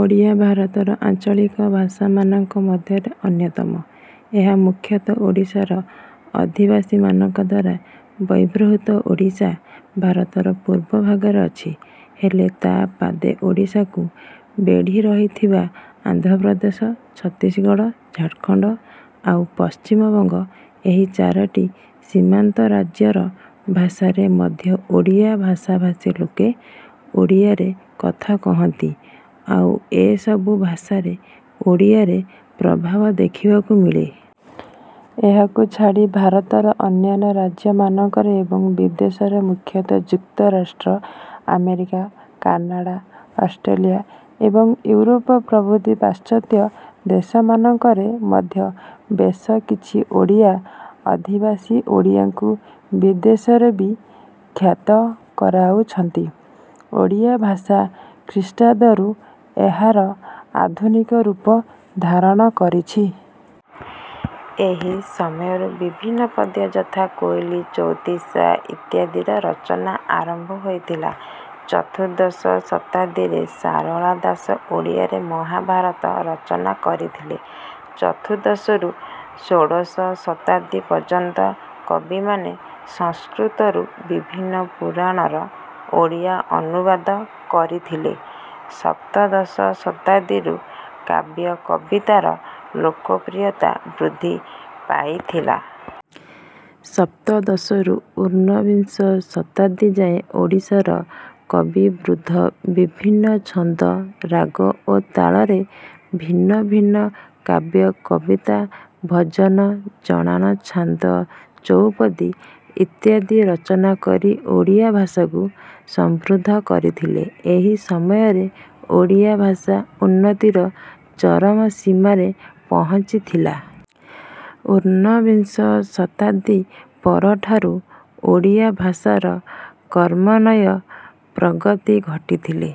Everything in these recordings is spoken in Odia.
ଓଡ଼ିଆ ଭାରତର ଆଞ୍ଚଳିକ ଭାଷାମାନଙ୍କ ମଧ୍ୟରେ ଅନ୍ୟତମ। ଏହା ମୁଖ୍ୟତଃ ଓଡ଼ିଶାର ଅଧିବାସୀମାନଙ୍କଦ୍ୱାରା ବ୍ୟବହୃତ। ଓଡ଼ିଶା ଭାରତର ପୂର୍ବାଭାଗରେ ଅଛି। ହେଲେ ତା ବାଦେ ଓଡ଼ିଶାକୁ ବେଢ଼ିରହିଥିବା ଆନ୍ଧ୍ର ପ୍ରଦେଶ, ଛତିଶଗଡ଼, ଝାଡ଼ଖଣ୍ଡ ଆଉ ପଶ୍ଚିମବଙ୍ଗ ଏହି ଚାରୋଟି ସୀମାନ୍ତରାଜ୍ୟର ଭାଷାରେ ମଧ୍ୟ ଓଡ଼ିଆ ଭାଷାଭାସୀ ଲୋକେ ଓଡ଼ିଆରେ କଥା କହନ୍ତି ଆଉ ଏସବୁ ଭାଷାରେ ଓଡ଼ିଆରେ ପ୍ରଭାବ ଦେଖିବାକୁ ମିଳେ। ଏହାକୁ ଛାଡ଼ି ଭାରତର ଅନ୍ୟାନ୍ୟ ରାଜ୍ୟମାନଙ୍କରେ, ଏବଂ ବିଦେଶରେ ମୁଖ୍ୟତଃ ଯୁକ୍ତରାଷ୍ଟ୍ର ଆମେରିକା, କାନାଡ଼ା, ଅଷ୍ଟ୍ରେଲିଆ ଏବଂ ଇଉରୋପ ପ୍ରଭୃତି ପାଶ୍ଚତ୍ୟ ଦେଶମାନଙ୍କରେ ମଧ୍ୟ ବେଶ କିଛି ଓଡ଼ିଆ ଅଧିବାସୀ ଓଡ଼ିଆକୁ ବିଦେଶରେ ବି ଖ୍ୟାତ କରାଇଛନ୍ତି। ଓଡ଼ିଆ ଭାଷା ଖ୍ରୀଷ୍ଟାବ୍ଦ ରୁ ଏହାର ଆଧୁନିକ ରୂପ ଧାରଣ କରିଛି। ଏହି ସମୟରୁ ବିଭିନ୍ନ ପଦ୍ୟ ଯଥା କୋଇଲି, ଚଉତିଶା ଇତ୍ୟାଦିର ରଚନା ଆରମ୍ଭ ହୋଇଥିଲା। ଚତୁର୍ଦ୍ଦଶ ଶତାବ୍ଦୀରେ ସାରଳା ଦାସ ଓଡ଼ିଆରେ ମହାଭାରତ ରଚନା କରିଥିଲେ। ଚତୁର୍ଦ୍ଦଶରୁ ଷୋଡଶ ଶତାବ୍ଦୀ ପର୍ଯ୍ୟନ୍ତ କବିମାନେ ସଂସ୍କୃତରୁ ବିଭିନ୍ନ ପୁରାଣର ଓଡ଼ିଆ ଅନୁବାଦ କରିଥିଲେ। ସପ୍ତଦଶ ଶତାବ୍ଦୀରୁ କାବ୍ୟ କବିତାର ଲୋକପ୍ରିୟତା ବୃଦ୍ଧି ପାଇଥିଲା। ସପ୍ତଦଶରୁ ଉନ୍ନବିଂଶ ଶତାବ୍ଦୀ ଯାଏଁ ଓଡ଼ିଶାର କବିବୃନ୍ଦ ବିଭିନ୍ନ ଛନ୍ଦ, ରାଗ ଓ ତାଳରେ ଭିନ୍ନ ଭିନ୍ନ କାବ୍ୟ, କବିତା, ଭଜନ, ଜଣାଣ, ଛାନ୍ଦ, ଚଉପଦୀ ଇତ୍ୟାଦି ରଚନା କରି ଓଡ଼ିଆ ଭାଷାକୁ ସମୃଦ୍ଧ କରିଥିଲେ। ଏହି ସମୟରେ ଓଡ଼ିଆ ଭାଷା ଉନ୍ନତିର ଚରମ ସୀମାରେ ପହଞ୍ଚିଥିଲା। ଉନ୍ନବିଂଶ ଶତାବ୍ଦୀ ପରଠାରୁ ଓଡ଼ିଆ ଭାଷାର କ୍ରମନ୍ୱୟ ପ୍ରଗତି ଘଟିଥିଲେ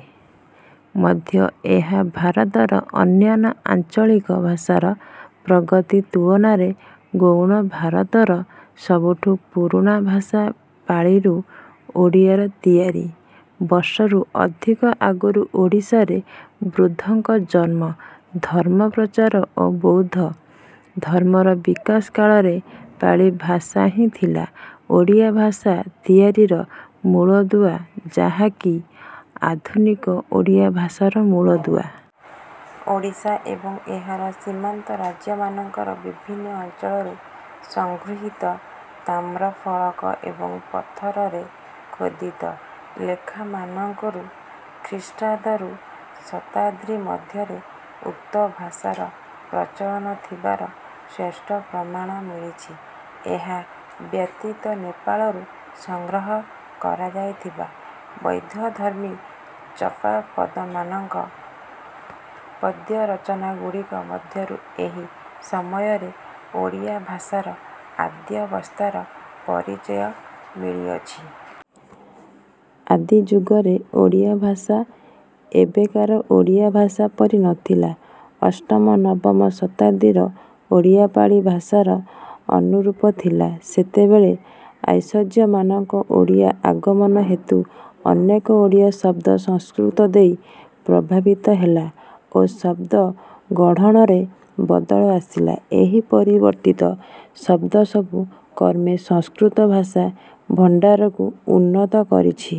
ମଧ୍ୟ ଏହା ଭାରତର ଅନ୍ୟାନ୍ୟ ଆଞ୍ଚଳିକ ଭାଷାର ପ୍ରଗତି ତୁଳନାରେ ଗୌଣ। ଭାରତର ସବୁଠୁ ପୁରୁଣା ଭାଷା ପାଳିରୁ ଓଡ଼ିଆର ତିଆରି। ବର୍ଷରୁ ଅଧିକ ଆଗରୁ ଓଡ଼ିଶାରେ ବୁଦ୍ଧଙ୍କ ଜନ୍ମ, ଧର୍ମପ୍ରଚାର ଓ ବୌଦ୍ଧ ଧର୍ମର ବିକାଶ କାଳରେ ପାଳି ଭାଷା ହିଁ ଥିଲା ଓଡ଼ିଆ ଭାଷା ତିଆରିର ମୂଳଦୁଆ ଯାହାକି ଆଧୁନିକ ଓଡ଼ିଆ ଭାଷାର ମୂଳଦୁଆ। ଓଡ଼ିଶା ଏବଂ ଏହାର ସୀମାନ୍ତ ରାଜ୍ୟମାନଙ୍କର ବିଭିନ୍ନ ଅଞ୍ଚଳରୁ ସଂଗୃହୀତ ତାମ୍ରଫଳକ ଏବଂ ପଥରରେ ଖୋଦିତ ଲେଖାମାନଙ୍କରୁ ଖ୍ରୀଷ୍ଟାବ୍ଦ ରୁ ଶତାବ୍ଦୀ ମଧ୍ୟରେ ଉକ୍ତ ଭାଷାର ପ୍ରଚଳନ ଥିବାର ସ୍ୱଷ୍ଟ ପ୍ରମାଣ ମିଳିଛି। ଏହା ବ୍ୟତୀତ ନେପାଳରୁ ସଂଗ୍ରହ କରାଯାଇଥିବା ବୌଦ୍ଧଧର୍ମୀ ଚର୍ଯାପଦମାନଙ୍କ ପଦ୍ୟରଚନାଗୁଡ଼ିକ ମଧ୍ୟରୁ ଏହି ସମୟରେ ଓଡ଼ିଆ ଭାଷାର ଆଦ୍ୟାବସ୍ଥାର ପରିଚୟ ମିଳିଅଛି। ଆଦିଯୁଗରେ ଓଡ଼ିଆ ଭାଷା ଏବେକାର ଓଡ଼ିଆ ଭାଷା ପରି ନଥିଲା। ଅଷ୍ଟମ-ନବମ ଶତାବ୍ଦୀର ଓଡ଼ିଆ ପାଳି ଭାଷାର ଅନୁରୂପ ଥିଲା। ସେତେବେଳେ ଆର୍ଯ୍ୟମାନଙ୍କ ଓଡ଼ିଶା ଆଗମନ ହେତୁ ଅନେକ ଓଡ଼ିଆ ଶବ୍ଦ ସଂସ୍କୃତ ଦେଇ ପ୍ରଭାବିତ ହେଲା ଓ ଶବ୍ଦ ଗଢଣରେ ବଦଳ ଆସିଲା। ଏହି ପରିବର୍ତ୍ତିତ ଶବ୍ଦସବୁ କ୍ରମେ ସଂସ୍କୃତ ଭାଷା ଭଣ୍ଡାରକୁ ଉନ୍ନତ କରିଛି।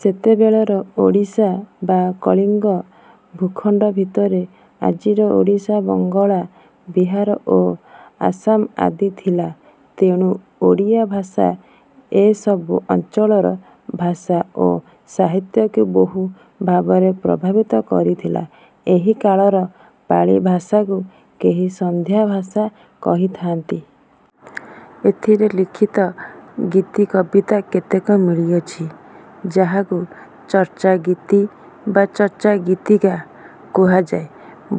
ସେତେବେଳର ଓଡ଼ିଶା ବା କଳିଙ୍ଗ ଭୂଖଣ୍ଡ ଭିତରେ ଆଜିର ଓଡ଼ିଶା, ବଙ୍ଗଳା, ବିହାର ଓ ଆସାମ ଆଦି ଥିଲା, ତେଣୁ ଓଡ଼ିଆ ଭାଷା ଏସବୁ ଅଞ୍ଚଳର ଭାଷା ଓ ସାହିତ୍ୟକୁ ବହୁ ଭାବରେ ପ୍ରଭାବିତ କରିଥିଲା। ଏହି କାଳର ପାଳି ଭାଷାକୁ କେହି ସାନ୍ଧ୍ୟ ଭାଷା କହିଥାନ୍ତି। ଏଥିରେ ଲିଖିତ ଗୀତିକବିତା କେତେକ ମିଳିଅଛି ଯାହାକୁ ଚର୍ଯାଗୀତି ବା ଚର୍ଯାଗୀତିକା କୁହାଯାଏ।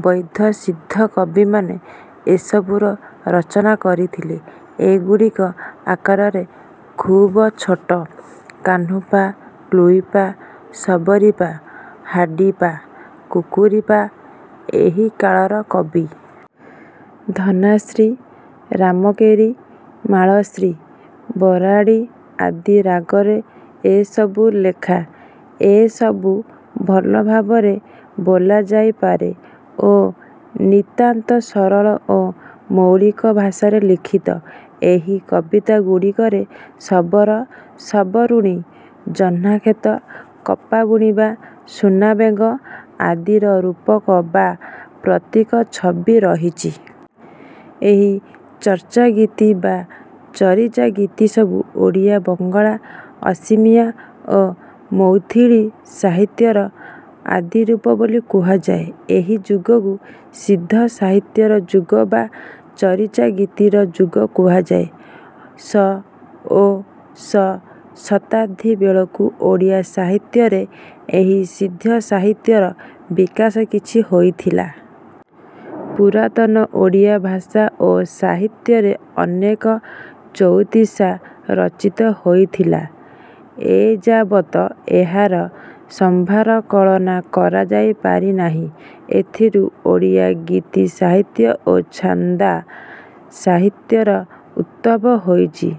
ବୌଦ୍ଧ ସିଦ୍ଧ କବିମାନେ ଏସବୁର ରଚନା କରିଥିଲେ। ଏଗୁଡ଼ିକ ଆକାରରେ ଖୁବ ଛୋଟ। କାହ୍ନୁ ପା, ଲୁଇ ପା, ସବରି ପା, ହାଡି ପା, କୁକୁରି ପା ଏହି କାଳର କବି। ଧନାଶ୍ରୀ, ରାମକେରି, ମାଳଶ୍ରୀ, ବରାଡ଼ି ଆଦି ରାଗରେ ଏସବୁ ଲେଖା। ଏସବୁ ଭଲ ଭାବରେ ବୋଲାଯାଇପାରେ ଓ ନିତାନ୍ତ ସରଳ ଓ ମୌଳିକ ଭାଷାରେ ଲିଖିତ। ଏହି କବିତା ଗୁଡ଼ିକରେ ଶବର, ଶବରୁଣୀ, ଜହ୍ନାକ୍ଷେତ, କପାବୁଣିବା, ସୁନା, ବେଙ୍ଗ ଆଦିର ରୂପକ ବା ପ୍ରତୀକ ଛବି ରହିଛି। ଏହି ଚର୍ଯାଗୀତି ବା ଚରିଜାଗିତିସବୁ ଓଡ଼ିଆ, ବଙ୍ଗଳା, ଅସିମିଆ ଓ ମୈଥିଳି ସାହିତ୍ୟର ଆଦିରୂପ ବୋଲି କୁହାଯାଏ। ଏହି ଯୁଗକୁ ସିଦ୍ଧସାହିତ୍ୟର ଯୁଗ ବା ଚରିଜାଗିତିର ଯୁଗ କୁହାଯାଏ। ଶ ଓ ଶ ଶତାବ୍ଦୀ ବେଳକୁ ଓଡ଼ିଆ ସାହିତ୍ୟରେ ଏହି ସିଦ୍ଧସାହିତ୍ୟର ବିକାଶ କିଛି ହୋଇଥିଲା। ପୁରାତନ ଓଡ଼ିଆ ଭାଷା ଓ ସାହିତ୍ୟରେ ଅନେକ ଚଉତିଶା ରଚିତ ହୋଇଥିଲା। ଏଯାବତ ଏହାର ସମ୍ଭାର କଳନା କରାଯାଇପାରିନାହିଁ। ଏଥିରୁ ଓଡ଼ିଆ ଗୀତିସାହିତ୍ୟ ଓ ଛାନ୍ଦ ସାହିତ୍ୟର ଉଦ୍ଭବ ହୋଇଛି।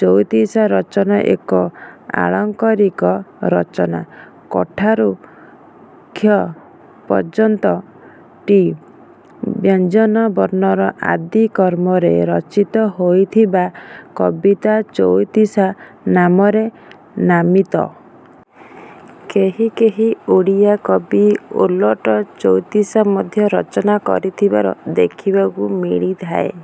ଚଉତିଶା ରଚନା ଏକ ଆଳଙ୍କରିକ ରଚନା। କଠାରୁ କ୍ଷ ପର୍ଯ୍ୟନ୍ତ ଟି ବ୍ୟଞ୍ଜନ ବର୍ଣ୍ଣର ଆଦିକ୍ରମରେ ରଚିତ ହୋଇଥିବା କବିତା ଚଉତିଶା ନାମରେ ନାମିତ। କେହି କେହି ଓଡ଼ିଆ କବି ଓଲଟ ଚଉତିଶା ମଧ୍ୟ ରଚନା କରିଥିବାର ଦେଖିବାକୁ ମିଳିଥାଏ।